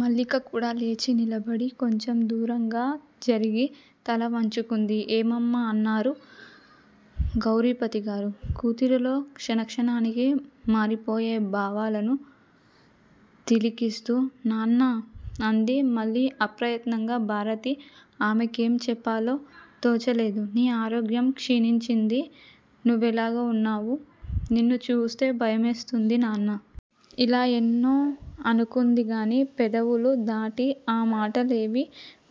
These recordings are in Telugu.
మల్లిక కూడా లేచి నిలబడి, కొంచెం దూరంగా జరిగి తల వంచుకుంది. ఏమమ్మా! అన్నారు గౌరీపతిగారు. కూతురిలో క్షణక్షణానికి మారిపోయే భావాలను తిలకిస్తూ. నాన్నా! అంది మళ్ళీ అప్రయత్నంగా భారతి. ఆమె కేం చెప్పాలో తోచలేదు. 'నీ ఆరోగ్యం క్షీణించింది. నువ్వెలాగో ఉన్నావు. నిన్ను చూస్తే భయమేస్తోంది, నాన్నా! ' ఇలా ఎన్నో అనుకుందిగాని పెదవులు దాటి ఆ మాటలేవీ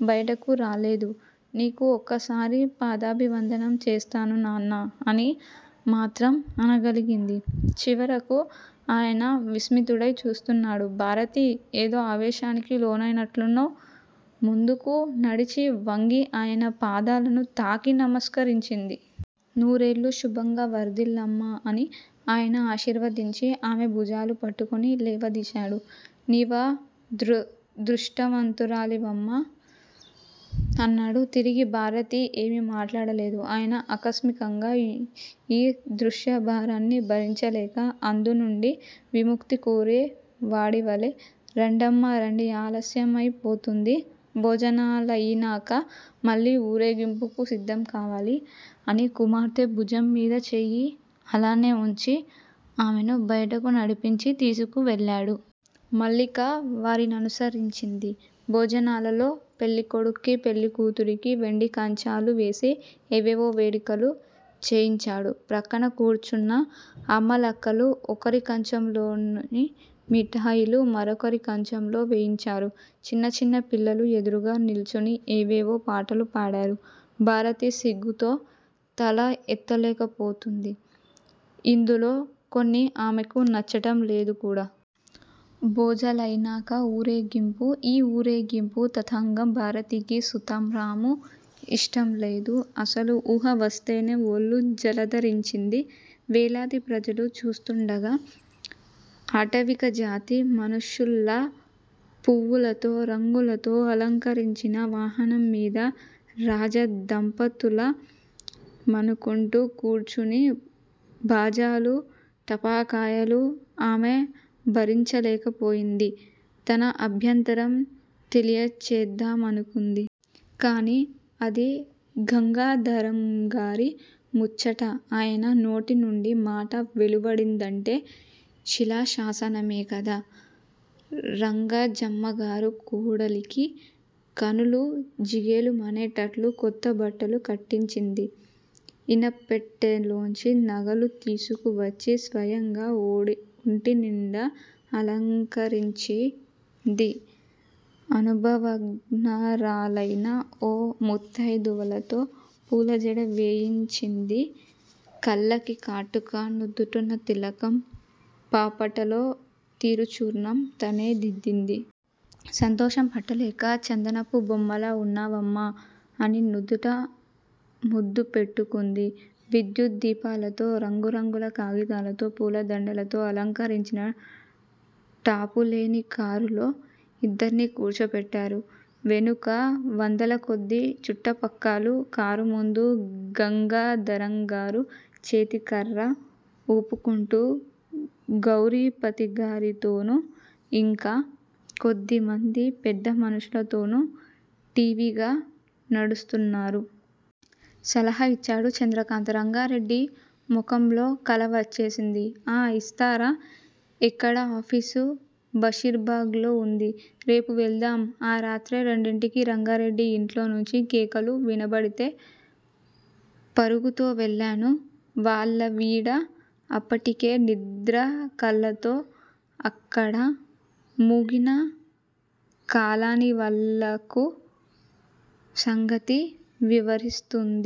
బయటకు రాలేదు. నీకు ఒక్కసారి పాదాభివందనం చేస్తాను, నాన్నా అని మాత్రం అనగలిగింది చివరకు. ఆయన విస్మితుడై చూస్తున్నాడు. భారతి ఏదో ఆవేశానికి లోనైనట్లు ముందుకు నడిచి వంగి, ఆయన పాదాలను తాకి నమస్కరించింది. నూరేళ్ళు శుభంగా వర్ధిల్లమ్మా! అని ఆయన ఆశీర్వదించి, ఆమె భుజాలు పట్టుకుని లేవదీశాడు. నీవదృష్టవంతురాలివమ్మా అన్నాడు తిరిగి. భారతి ఏమీ మాట్లాడలేదు. ఆయన ఆకస్మికంగా యీ దృశ్యభారాన్ని భరించలేక, అందు నుండి విముక్తి కోరేవాడివలె రండమ్మా, రండి ఆలస్యమై పోతోంది. భోజనాలయినాక మళ్ళీ ఊరేగింపుకు సిద్ధం కావాలి అని కుమార్తె భుజంమీద చేయి అలానే వుంచి, ఆమెను బయటకు నడిపించి తీసుకువెళ్ళాడు. మల్లిక వారి ననుసరించింది. భోజనాలలో పెళ్ళికొడుక్కి, పెళ్ళికూతురికి వెండికంచాలు వేసి, ఏవేవో వేడుకలు చేయించాడు. ప్రక్కన కూర్చున్న అమ్మలక్కలు ఒకరి కంచంలోని మిటాయిలు మరొకరి కంచంలో వేయించారు. చిన్న చిన్న పిల్లలు ఎదురుగా నిల్చుని ఏవేవో పాటలు పాడారు. భారతి సిగ్గుతో తల ఎత్తలేకపోతూంది. ఇందులో కొన్ని ఆమెకు నచ్చటంలేదు కూడా. భోజాలయినాక ఊరేగింపు. యీ ఊరేగింపు తతంగం భారతికి సుతరామూ ఇష్టంలేదు. అసలా వూహ వస్తేనే ఒళ్ళు జలదరించింది. వేలాది ప్రజలు చూస్తూండగా, ఆటవికజాతి మనుషుల్లా పువ్వులతో, రంగులతో అలంకరించిన వాహనం మీద రాజదంపతుల మనుకుంటూ కూర్చుని బాజాలు, టపాకాయలు ఆమె భరించలేకపోయింది. తన అభ్యంతరం తెలియచేద్దామనుకుంది. కాని అది గంగాధరంగారి ముచ్చట ఆయన నోటి నుండి మాట వెలువడిందంటే శిలాశాసనమే కదా! రంగాజమ్మగారు కోడలికి కనులు జిగేలుమనేటట్లు కొత్తబట్టలు కట్టించింది. ఇనప్పెంట్టెలోంచి నగలు తీసుకువచ్చి స్వయంగా ఒంటినిండా అలంకరించింది. అనుభవజ్ఞరాలైన ఓ ముత్తైదువతో పూలజడ వేయించింది. కళ్ళకి కాటుక, నుదుట తిలకం, పాపటలో తిరుచూర్ణం తనే దిద్దింది. సంతోషం పట్టలేక చందనపు బొమ్మలా వున్నావమ్మా అని నుదుట ముద్దు పెట్టుకుంది. విద్యుద్దీపాలతో, రంగురంగుల కాగితాలతో పూలదండలతో అలంకరించిన టాపులేని కారులో యిద్దర్నీ కూర్చోపెట్టారు. వెనుక వందలకొద్దీ చుట్ట పక్కాలు. కారు ముందు గంగాధరంగారు చేతికర్ర ఊపుకుంటూ, గౌరీపతిగారితోనూ. ఇంకా కొద్దిమంది పెద్దమనుషులతోనూ ఠీవిగా నడుస్తున్నారు. సలహా ఇచ్చాడు చంద్రకాంత్. రంగారెడ్డి మొఖంలో కల వచ్చేసింది. ఆ! ఇస్తారా? ఎక్కడ ఆ ఆఫీసు? బషీర్ బాగ్ లో ఉంది! రేపు వెళ్దాం ఆ రాత్రే రెండింటికి రంగారెడ్డి ఇంట్లో నుంచి కేకలు వినబడితే పరుగుతో వెళ్ళాను. వాళ్ళావిడ అప్పటికే నిద్రకళ్ళతో అక్కడ మూగిన కాలనీవాళ్ళకు సంగతి వివరిస్తోంది.